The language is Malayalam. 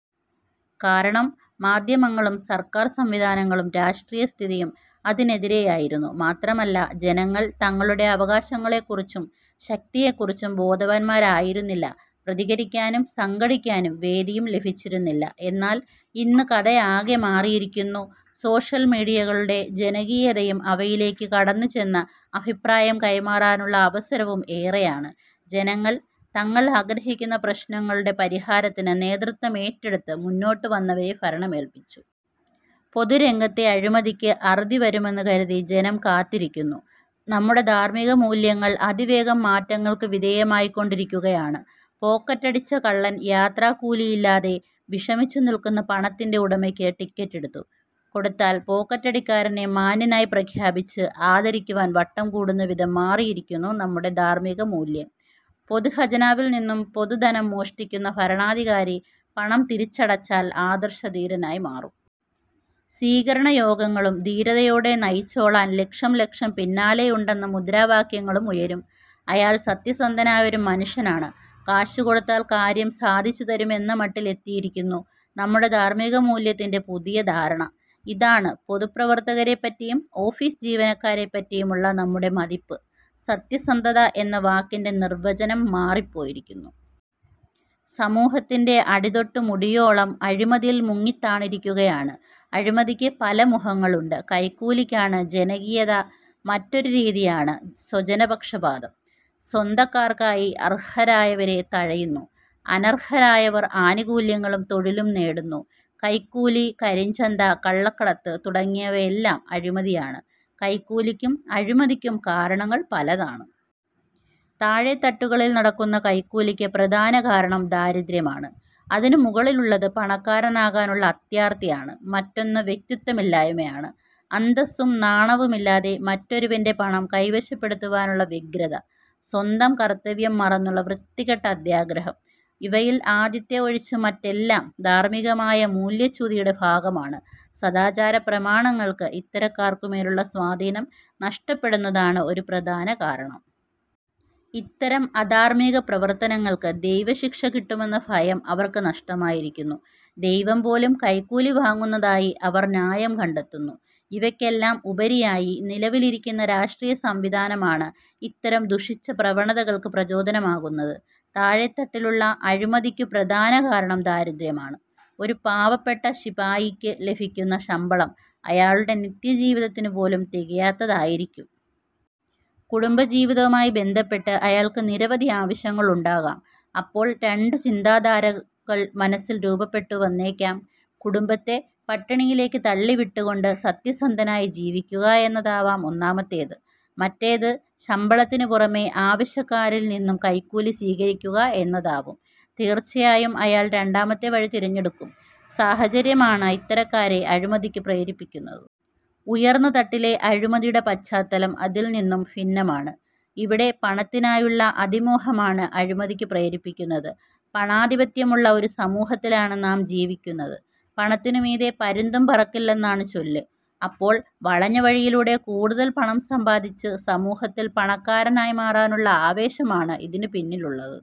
കാരണം, മാധ്യമങ്ങളും സർക്കാർ സംവിധാനങ്ങളും രാഷ്ട്രീയസ്ഥിതിയും അതിനെതിരെയാ യിരുന്നു. മാത്രമല്ല, ജനങ്ങൾ തങ്ങളുടെ അവകാശങ്ങളെക്കുറിച്ചും ശക്തിയെക്കുറിച്ചും ബോധവാന്മാരായിരുന്നില്ല. പ്രതികരിക്കാനും സംഘടിക്കാനും വേദിയും ലഭിച്ചിരുന്നില്ല. എന്നാൽ ഇന്നു കഥയാകെ മാറിയിരിക്കുന്നു. സോഷ്യൽ മീഡിയകളുടെ ജനകീയതയും അവയി ലേക്കു കടന്നുചെന്ന് അഭിപ്രായം കൈമാറാനുള്ള അവസരവും ഏറെ യാണ്. ജനങ്ങൾ തങ്ങൾ ആഗ്രഹിക്കുന്ന പ്രശ്നങ്ങളുടെ പരിഹാര ത്തിനു നേതൃത്വമേറ്റെടുത്തു മുന്നോട്ടുവന്നവരെ ഭരണമേല്പിച്ചു. പൊതുരംഗത്തെ അഴിമതിയ്ക്ക് അറുതിവരുമെന്നു കരുതി ജനം കാത്തിരിക്കുന്നു. നമ്മുടെ ധാർമ്മികമൂല്യങ്ങൾ അതിവേഗം മാറ്റങ്ങൾക്കു വിധേയ മായിക്കൊണ്ടിരിക്കുകയാണ്. പോക്കറ്റടിച്ച കള്ളൻ യാത്രാക്കൂലിയി ല്ലാതെ വിഷമിച്ചുനിൽക്കുന്ന പണത്തിന്റെ ഉടമയ്ക്ക് ടിക്കറ്റെടുത്തു കൊടുത്താൽ പോക്കറ്റടിക്കാരനെ മാന്യനായി പ്രഖ്യാപിച്ച് ആദരിക്കു വാൻ വട്ടം കൂട്ടുന്നവിധം മാറിയിരിക്കുന്നു നമ്മുടെ ധാർമ്മികമൂല്യം. പൊതുഖജനാവിൽനിന്നും പൊതുധനം മോഷ്ടിക്കുന്ന ഭരണാധികാരി പണം തിരിച്ചടച്ചാൽ ആദർശധീരനായിമാറും. സ്വീകരണയോഗങ്ങളും ധീരതയോടെ നയിച്ചോളാൻ ലക്ഷംലക്ഷം പിന്നാലെയുണ്ടെന്ന മുദ്രാ വാക്യങ്ങളുമുയരും. അയാൾ സത്യസന്ധനായ ഒരു മനുഷ്യനാണ്, കാശുകൊടുത്താൽ കാര്യം സാധിച്ചുതരും എന്ന മട്ടിൽ എത്തിയിരി ക്കുന്നു നമ്മുടെ ധാർമ്മികമൂല്യത്തിന്റെ പുതിയ ധാരണ. ഇതാണ് പൊതുപ്രവർത്തകരെപറ്റിയും ഓഫീസ് ജീവനക്കാരെപറ്റിയുമുള്ള നമ്മുടെ മതിപ്പ്. സത്യസന്ധത എന്ന വാക്കിന്റെ നിർവ്വചനം മാറിപ്പോ യിരിക്കുന്നു. സമൂഹത്തിന്റെ അടിതൊട്ടു മുടിയോളം അഴിമതിയിൽ മുങ്ങിത്താണിരിക്കുകയാണ്. അഴിമതിക്കു പല മുഖങ്ങളുണ്ട്. കൈക്കൂലി ക്കാണ് ജനകീയത. മറ്റൊരു രീതിയാണ് സ്വജനപക്ഷപാതം. സ്വന്ത ക്കാർക്കായി അർഹരായവരെ തഴയുന്നു. അനർഹരായവർ ആനുകൂ ല്യങ്ങളും തൊഴിലും നേടുന്നു. കൈക്കൂലി, കരിഞ്ചന്ത, കള്ളക്കടത്ത് തുടങ്ങിയവ യെല്ലാം അഴിമതിയാണ്. കൈക്കൂലിക്കും അഴിമതിക്കും കാരണങ്ങൾ പലതാണ്. താഴേ തട്ടുകളിൽ നടക്കുന്ന കൈക്കൂലിക്കു പ്രധാന കാരണം ദാരിദ്ര്യമാണ്. അതിനു മുകളിലുള്ളത് പണക്കാരനാകാനുള്ള അത്യാർത്തിയാണ്. മറ്റൊന്ന് വ്യക്തിത്വമില്ലായ്മയാണ്. അന്തസ്സും നാണവുമില്ലാതെ മറ്റൊ രുവന്റെ പണം കൈവശപ്പെടുത്തുവാനുള്ള വ്യഗ്രത. സ്വന്തം കർത്തവ്യം മറന്നുള്ള വൃത്തികെട്ട അത്യാഗ്രഹം. ഇവയിൽ ആദ്യത്തെ ഒഴിച്ച് മറ്റെല്ലാം ധാർമ്മികമായ മൂല്യച്യുതിയുടെ ഭാഗമാണ്. സദാചാരപ്രമാണങ്ങൾക്ക് ഇത്തരക്കാർക്കുമേലുള്ള സ്വാധീനം നഷ്ടപ്പെടുന്നതാണ് ഒരു പ്രധാന കാരണം. ഇത്തരം അധാർമ്മിക പ്രവർത്തനങ്ങൾക്കു ദൈവശിക്ഷ കിട്ടുമെന്ന ഭയം അവർക്കു നഷ്ടമായിരിക്കുന്നു. ദൈവംപോലും കൈക്കൂലി വാങ്ങുന്നതായി അവർ ന്യായം കണ്ടെത്തുന്നു. ഇവയ് ക്കെല്ലാം ഉപരിയായി നിലവിലിരിക്കുന്ന രാഷ്ട്രീയസംവിധാനമാണ് ഇത്തരം ദുഷിച്ച പ്രവണതകൾക്കു പ്രചോദനമാകുന്നത്. താഴെ തട്ടിലുള്ള അഴിമതിക്കു പ്രധാന കാരണം ദാരിദ്ര്യമാണ്. ഒരു പാവപ്പെട്ട ശിപായിക്കു ലഭിക്കുന്ന ശമ്പളം അയാളുടെ നിത്യജീവിത ത്തിനുപോലും തികയാത്തതായിരിക്കും. കുടുംബജീവിതവുമായി ബന്ധപ്പെട്ട് അയാൾക്കു നിരവധി ആവശ്യങ്ങളുണ്ടാകാം. അപ്പോൾ രണ്ടു ചിന്താധാരകൾ മനസ്സിൽ രൂപപ്പെട്ടുവന്നേക്കാം. കുടുംബത്ത പട്ടിണിയിലേക്കു തള്ളിവിട്ടുകൊണ്ട് സത്യസന്ധനായി ജീവിക്കുക എന്നതാവാം ഒന്നാമത്തേത്. മറ്റേത് ശമ്പളത്തിനു പുറമേ ആവശ്യക്കാ രിൽനിന്നും കൈക്കൂലി സ്വീകരിക്കുക എന്നതാവും. തീർച്ചയായും അയാൾ രണ്ടാമത്തെ വഴി തിരഞ്ഞെടുക്കും. സാഹചര്യമാണ് ഇത്ത രക്കാരെ അഴിമതിക്കു പ്രേരിപ്പിക്കുന്നത്. ഉയർന്ന തട്ടിലെ അഴിമതിയുടെ പശ്ചാത്തലം ഇതിൽനിന്നും ഭിന്ന മാണ്. ഇവിടെ പണത്തിനായുള്ള അതിമോഹമാണ് അഴിമതിക്കു പ്രരിപ്പിക്കുന്നത്. പണാധിപത്യമുള്ള ഒരു സമൂഹത്തിലാണ് നാം ജീവി ക്കുന്നത്. പണത്തിനു മീതേ പരുന്തും പറക്കില്ലെന്നാണ് ചൊല്ല്. അപ്പോൾ വളഞ്ഞവഴിയിലൂടെ കൂടുതൽ പണം സമ്പാദിച്ച് സമൂഹത്തിൽ പണ ക്കാരനായി മാറാനുള്ള ആവേശമാണ് ഇതിനു പിന്നിലുള്ളത്.